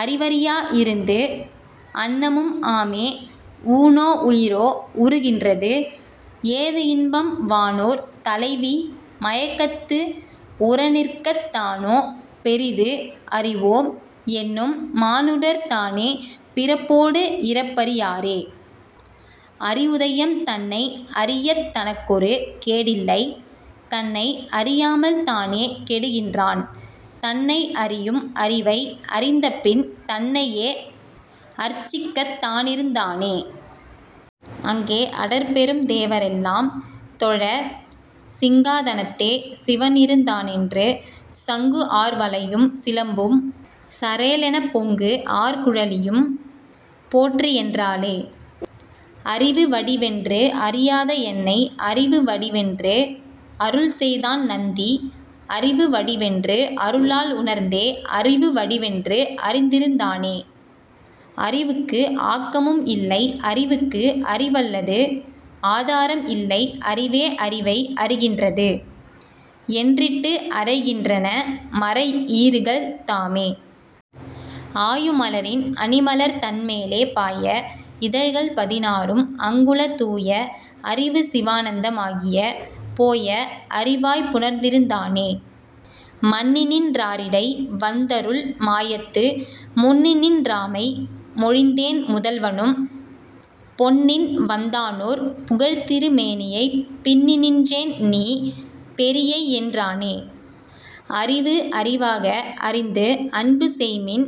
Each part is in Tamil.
அறிவறி யாஇருந்து அன்னமும் ஆமே. ஊனோ உயிரோ உறுகின்றது ஏதுஇன்பம் வானோர் தலைவி மயக்கத்து உறநிற்கத் தானோ பெரிதுஅறி வோம் என்னும் மானுடர் தானே பிறப்போடு இறப்பறி யாரே.. அறிவுதயம் தன்னை அறியத் தனக்கொரு கேடில்லை தன்னை அறியாமல் தானே கெடுகின்றான் தன்னை அறியும் அறிவை அறிந்தபின் தன்னையே அர்ச்சிக்கத் தானிருந் தானே. அங்கே அடற்பெரும் தேவரெல் லாம்தொழச் சிங்கா தனத்தே சிவன்இருந் தானென்று சங்குஆர் வளையும் சிலம்பும் சரேலெனப் பொங்குஆர் குழலியும் போற்றிஎன் றாளே. அறிவு வடிவென்று அறியாத என்னை அறிவு வடிவென்று அருள்செய்தான் நந்தி அறிவு வடிவென்று அருளால் உணர்ந்தே அறிவு வடிவென்று அருந்திருந் தானே. அறிவுக்கு ஆக்கமும் இல்லை அறிவுக்கு அறிவல்லது ஆதாரம் இல்லை அறிவே அறிவை அறிகின்றது என்றிட்டு அறைகின் றனமறை ஈறுகள் தாமே. ஆயு மலரின் அணிமலர் தன்மேலே பாய இதழ்கள் பதினாறும் அங்குள தூய அறிவு சிவானந்த மாகியே போய அறிவாய்ப் புணர்ந்திருந் தானே. மன்னிநின் றாரிடை வந்தருள் மாயத்து முன்னிநின் றாமை மொழிந்தேன் முதல்வனும் பொன்னின்வந் தானோர் புகழ்திரு மேனியைப் பின்னிநின் றேன்நீ பெரியையென் றானே. அறிவுஅறி வாக அறிந்துஅன்பு செய்மின்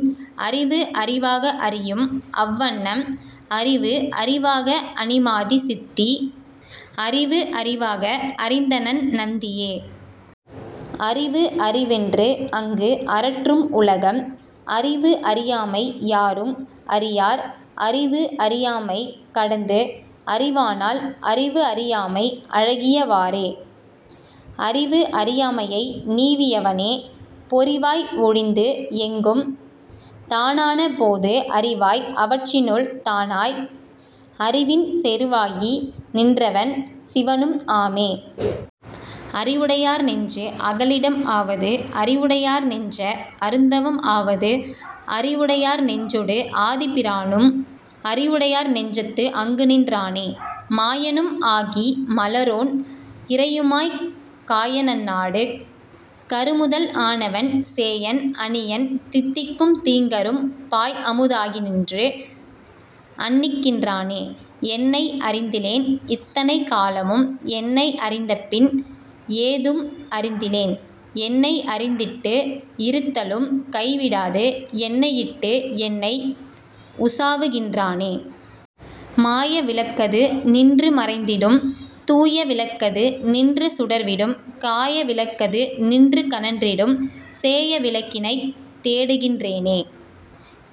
அறிவுஅறி வாக அறியும்அவ் வண்ணம் அறிவுஅறி வாக அணிமாதி சித்தி அறிவுஅறி வாக அறிந்தணன் நந்தியே. அறிவுஅறி வென்று அங்கு அரற்றும் உலகம் அறிவுஅறி யாமை யாரும் அறியார் அறிவுஅறி யாமை கடந்துஅறி வானால் அறிவுஅறி யாமை அழகிய வாறே. அறிவுஅறி யாமையை நீவி யவனே பொறிவாய் ஒழிந்துஎங்கும் தானான போது அறிவாய் அவற்றினுள் தானாய் அறிவின் செறிவாகி நின்றவன் சிவனும் ஆமே. அறிவுடை யார்நெஞ்சு அகலிடம் ஆவது அறிவுடை யார்நெஞ்ச அருந்தவம் ஆவது அறிவுடை யார்நெஞ்சொடு ஆதிப் பிரானும் அறிவுடை யார்நெஞ்சத்து அங்குநின் றானே. மாயனும் ஆகி மலரோன் இறையுமாய்க் காயநன் னாடுக் கருமுதல் ஆனவன் சேயன் அணியன் தித்திக்கும் தீங்கரும் பாய்அமு தாகிநின்று அண்ணிக்கின் றானே. என்னை அறிந்திலேன் இத்தனை காலமும் என்னை அறிந்தபின் ஏதும் அறிந்திலேன் என்னை அறிந்திட்டு இருத்தலும் கைவிடாது என்னையிட்டு என்னை உசாவுகின் றானே. மாய விளக்கது நின்று மறைந்திடும் தூய விளக்கது நின்று சுடர்விடும் காய விளக்கது நின்று கனன்றிடும் சேய விளக்கினைத் தேடுகின் றேனை.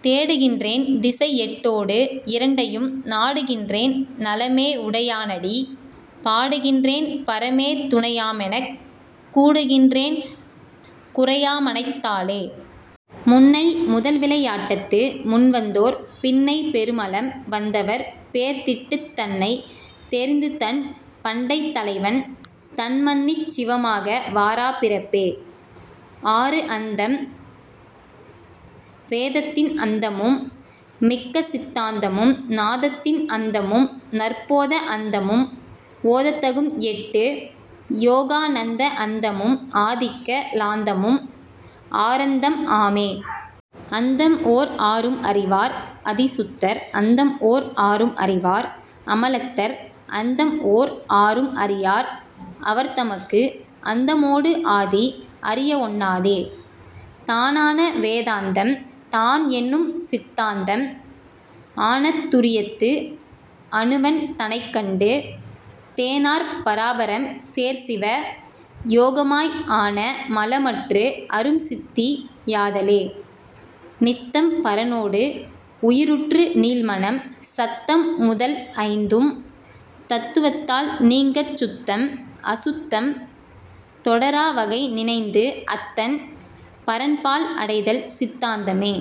தேடுகின் றேன்திசை எட்டோ டு இரண்டையும் நாடுகின் றேன்நல மேஉடை யானடி பாடுகின் றேன்பர மேதுணை யாமெனக் கூடுகின் றேன்குறை யாமனைத் தாலே. முன்னை முதல்விளை யாட்டத்து முன்வந்தோர் பின்னை பெருமலம் வந்தவர் பேர்த்திட்டுத் தன்னைத் தெரிந்துதன் பண்டைத் தலைவன்தன் மன்னிச் சிவமாக வாரா பிறப்பே.. ஆறு அந்தம் வேதத்தின் அந்தமும் மிக்கசித் தாந்தமும் நாதத்தின் அந்தமும் நற்போத அந்தமும் ஓதத் தகும்எட்டு யோகாநந்த அந்தமும் ஆதிக்க லாந்தமும் ஆறந்தம் ஆமே. அந்தம்ஓர் ஆறும் அறிவார் அதிசுத்தர் அந்தம்ஒர் ஆறும் அறிவார் அமலத்தர் அந்தம்ஓர் ஆறும் அறியார் அவர்தமக்கு அந்தமோடு ஆதி அறியஒண் ணாதே. தானான வேதாந்தம் தான்என்னும் சித்தாந்தம் ஆனாத் துரியத்து அணுவன் தனைக்கண்டு தேனார் பராபரம் சேர்சிவ யோகமாய் ஆனா மலமற்று அரும்சித்தி யாதலே. நித்தம் பரனோடு உயிருற்று நீள்மனம் சத்தம் முதல்ஐந்தும் தத்துவத் தால்நீங்கச் சுத்தம் அசுத்தம் தொடரா வகைநினைந்து அத்தன் பரன்பால் அடைதல்சித் தாந்தமே.